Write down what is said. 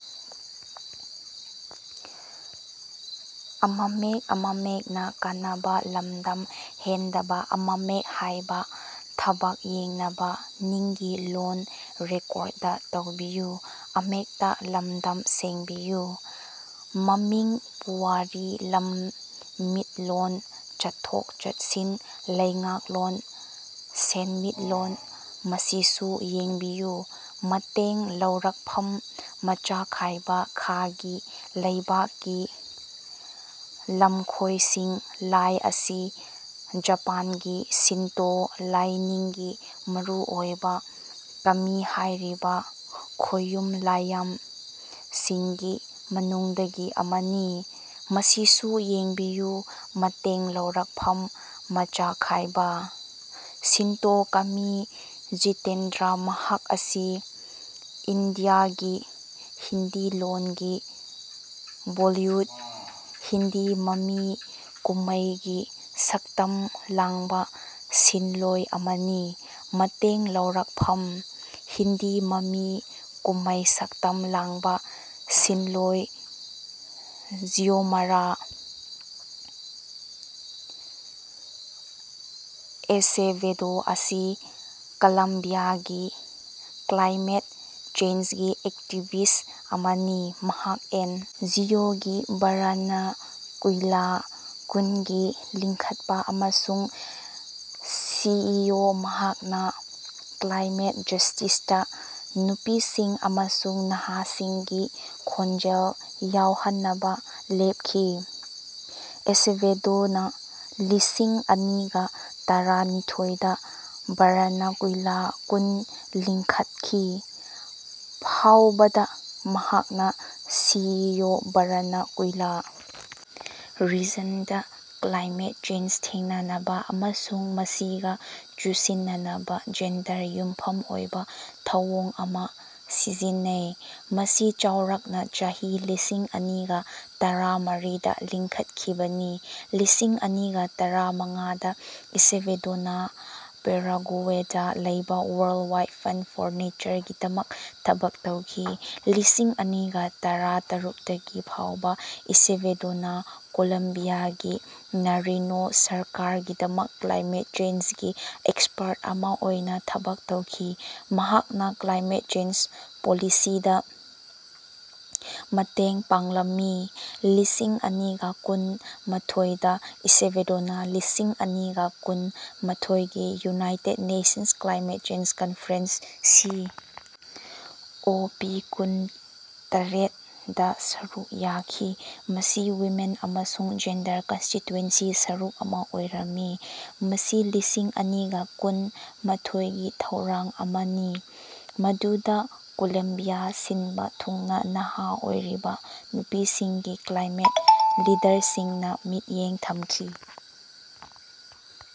ꯃꯃꯤꯡ ꯄꯨꯋꯥꯔꯤ ꯂꯝꯃꯤꯠꯂꯣꯟ ꯆꯠꯊꯣꯛ-ꯆꯠꯁꯤꯟ ꯂꯩꯉꯥꯛꯂꯣꯟ ꯁꯦꯟꯃꯤꯠꯂꯣꯟ ꯃꯁꯤꯁꯨ ꯌꯦꯡꯕꯤꯌꯨ ꯃꯇꯦꯡ ꯂꯧꯔꯛꯐꯝ ꯃꯆꯥꯈꯥꯏꯕ:ꯈꯥꯒꯤ ꯂꯩꯕꯥꯛꯀꯤ ꯂꯝꯈꯣꯢꯁꯤꯡ ꯂꯥꯢ ꯑꯁꯤ ꯖꯄꯥꯟꯒꯤ ꯁꯤꯟꯇꯣ ꯂꯥꯢꯅꯤꯡꯒꯤ ꯃꯔꯨ ꯑꯣꯢꯕ ꯀꯃꯤ ꯍꯥꯢꯔꯤꯕ ꯈꯣꯌꯨꯝ ꯂꯥꯢꯌꯥꯝꯁꯤꯡꯒꯤ ꯃꯅꯨꯡꯗꯒꯤ ꯑꯃꯅꯤ꯫ ꯃꯁꯤꯁꯨ ꯌꯦꯡꯕꯤꯌꯨ ꯃꯇꯦꯡ ꯂꯧꯔꯛꯐꯝ ꯃꯆꯥꯈꯥꯏꯕ:ꯁꯤꯟꯇꯣ ꯀꯃꯤ ꯖꯤꯇꯦꯟꯗ꯭ꯔ ꯃꯍꯥꯛ ꯑꯁꯤ ꯏꯟꯗꯤꯌꯥꯒꯤ ꯍꯤꯟꯗꯤ ꯂꯣꯟꯒꯤ ꯕꯣꯜꯂꯤꯋꯨꯗ (ꯍꯤꯟꯗꯤ ꯃꯃꯤ ꯀꯨꯝꯃꯩ)ꯒꯤ ꯁꯛꯇꯝ ꯂꯥꯡꯕ ꯁꯤꯟꯂꯣꯢ ꯑꯃꯅꯤ꯫ ꯃꯇꯦꯡ ꯂꯧꯔꯛꯐꯝ:ꯍꯤꯟꯗꯤ ꯃꯃꯤ ꯀꯨꯝꯃꯩ ꯁꯛꯇꯝ ꯂꯥꯡꯕ ꯁꯤꯟꯂꯣꯢ ꯖꯤꯑꯣꯃꯥꯔꯥ ꯑꯦꯁꯦꯚꯦꯗꯣ ꯑꯁꯤ ꯀꯂꯝꯕꯤꯌꯥꯒꯤ ꯀ꯭ꯂꯥꯏꯃꯦꯠ ꯆꯦꯟꯖꯒꯤ ꯑꯦꯛꯇꯤꯕꯤꯁ꯭ꯠ ꯑꯃꯅꯤ꯫ ꯃꯍꯥꯛ ꯑꯦꯟ. ꯖꯤ. ꯑꯣ. ꯒꯤ ꯕꯥꯔꯥꯅꯀꯨꯏꯂꯥ ꯀꯨꯟꯒꯤ ꯂꯤꯡꯈꯠꯄ ꯑꯃꯁꯨꯡ ꯁꯤ. ꯏ. ꯑꯣ. ꯃꯍꯥꯛꯅ ꯀ꯭ꯂꯥꯏꯃꯦꯠ ꯖꯁꯇꯤꯁꯇ ꯅꯨꯄꯤꯁꯤꯡ ꯑꯃꯁꯨꯡ ꯅꯍꯥꯁꯤꯡꯒꯤ ꯈꯣꯟꯖꯦꯜ ꯌꯥꯎꯍꯟꯅꯕ ꯂꯦꯞꯈꯤ꯫ ꯑꯦꯁꯦꯚꯦꯗꯣꯅꯥ ꯂꯤꯁꯤꯡ ꯑꯅꯤꯒ ꯇꯔꯥ ꯅꯤꯊꯣꯏꯗ ꯕꯥꯔꯥꯅꯀꯨꯏꯂꯥ ꯀꯨꯟ ꯂꯤꯡꯈꯠꯈꯤ, ꯐꯥꯎꯕꯗ ꯃꯍꯥꯛꯅ ꯁꯤ. ꯏ. ꯑꯣ. ꯕꯥꯔꯥꯅꯀꯨꯏꯂꯥ ꯔꯤꯖꯟꯗ ꯀ꯭ꯂꯥꯏꯃꯦꯠ ꯆꯦꯟꯖ ꯊꯦꯡꯅꯅꯕ ꯑꯃꯁꯨꯡ ꯃꯁꯤꯒ ꯆꯨꯁꯤꯟꯅꯅꯕ ꯖꯦꯟꯗꯔꯗ ꯌꯨꯝꯐꯝ ꯑꯣꯏꯕ ꯊꯧꯑꯣꯡ ꯑꯃ ꯁꯤꯖꯤꯟꯅꯩ꯫ ꯃꯁꯤ ꯆꯥꯎꯔꯥꯛꯅ ꯆꯍꯤ ꯂꯤꯁꯤꯡ ꯑꯅꯤꯒ ꯇꯔꯥ ꯃꯔꯤꯗ ꯂꯤꯡꯈꯠꯈꯤꯕꯅꯤ, ꯂꯤꯁꯤꯡ ꯑꯅꯤꯒ ꯇꯔꯥ ꯃꯉꯥꯗ ꯑꯦꯁꯦꯚꯦꯗꯣꯅ ꯄꯦꯔꯥꯒꯨꯋꯦꯗ ꯂꯩꯕ ꯋꯥꯔꯜꯗ ꯋꯥꯏꯗ ꯐꯟꯗ ꯐꯣꯔ ꯅꯦꯆꯔꯒꯤꯗꯃꯛ ꯊꯕꯛ ꯇꯧꯈꯤ꯫ ꯂꯤꯁꯤꯡ ꯑꯅꯤꯒ ꯇꯔꯥ ꯇꯔꯨꯛꯗꯒꯤ ꯐꯥꯎꯕ ꯑꯦꯁꯦꯚꯦꯗꯣꯅ ꯀꯣꯂꯝꯕꯤꯌꯥꯒꯤ ꯅꯥꯔꯤꯅꯣ ꯁꯔꯀꯥꯔꯒꯤꯗꯃꯛ ꯀ꯭ꯂꯥꯏꯃꯦꯠ ꯆꯦꯟꯖꯒꯤ ꯑꯦꯛꯁꯄꯔꯠ ꯑꯃ ꯑꯣꯏꯅ ꯊꯕꯛ ꯇꯧꯈꯤ꯫ ꯃꯍꯥꯛꯅ ꯀ꯭ꯂꯥꯏꯃꯦꯠ ꯆꯦꯟꯖ ꯄꯣꯂꯤꯁꯤꯗ ꯃꯇꯦꯡ ꯄꯥꯡꯂꯝꯃꯤ꯫ ꯂꯤꯁꯤꯡ ꯑꯅꯤꯒ ꯀꯨꯟ ꯃꯥꯊꯣꯏ ꯗ ꯑꯦꯁꯦꯚꯦꯗꯣꯅꯥ ꯂꯤꯁꯤꯡ ꯑꯅꯤꯒ ꯀꯨꯟ ꯃꯥꯊꯣꯏꯒꯤ united nations climate change conference (C. O. ꯄꯤ.ꯀꯨꯟ ꯇꯔꯦꯠ)ꯗ ꯁꯔꯨꯛ ꯌꯥꯈꯤ꯫ ꯃꯁꯤ ꯋꯨꯃꯦꯟ ꯑꯃꯁꯨꯡ ꯖꯦꯟꯗꯔ ꯀꯟꯁꯇꯤꯇꯨꯋꯦꯟꯁꯤ ꯁꯔꯨꯛ ꯑꯃ ꯑꯣꯏꯔꯝꯃꯤ꯫ ꯃꯁꯤ ꯂꯤꯁꯤꯡ ꯑꯅꯤꯒ ꯀꯨꯟ ꯃꯥꯊꯣꯏꯒꯤ ꯊꯧꯔꯥꯡ ꯑꯃꯅꯤ ꯃꯗꯨꯗ ꯀꯣꯂꯝꯕꯤꯌꯥ ꯁꯤꯟꯕ ꯊꯨꯡꯅ ꯅꯍꯥ ꯑꯣꯏꯔꯤꯕ ꯅꯨꯄꯤꯁꯤꯡꯒꯤ ꯀ꯭ꯂꯥꯏꯃꯦꯠ ꯂꯤꯗꯔꯁꯤꯡꯗ ꯃꯤꯠꯌꯦꯡ ꯊꯝꯈꯤ꯫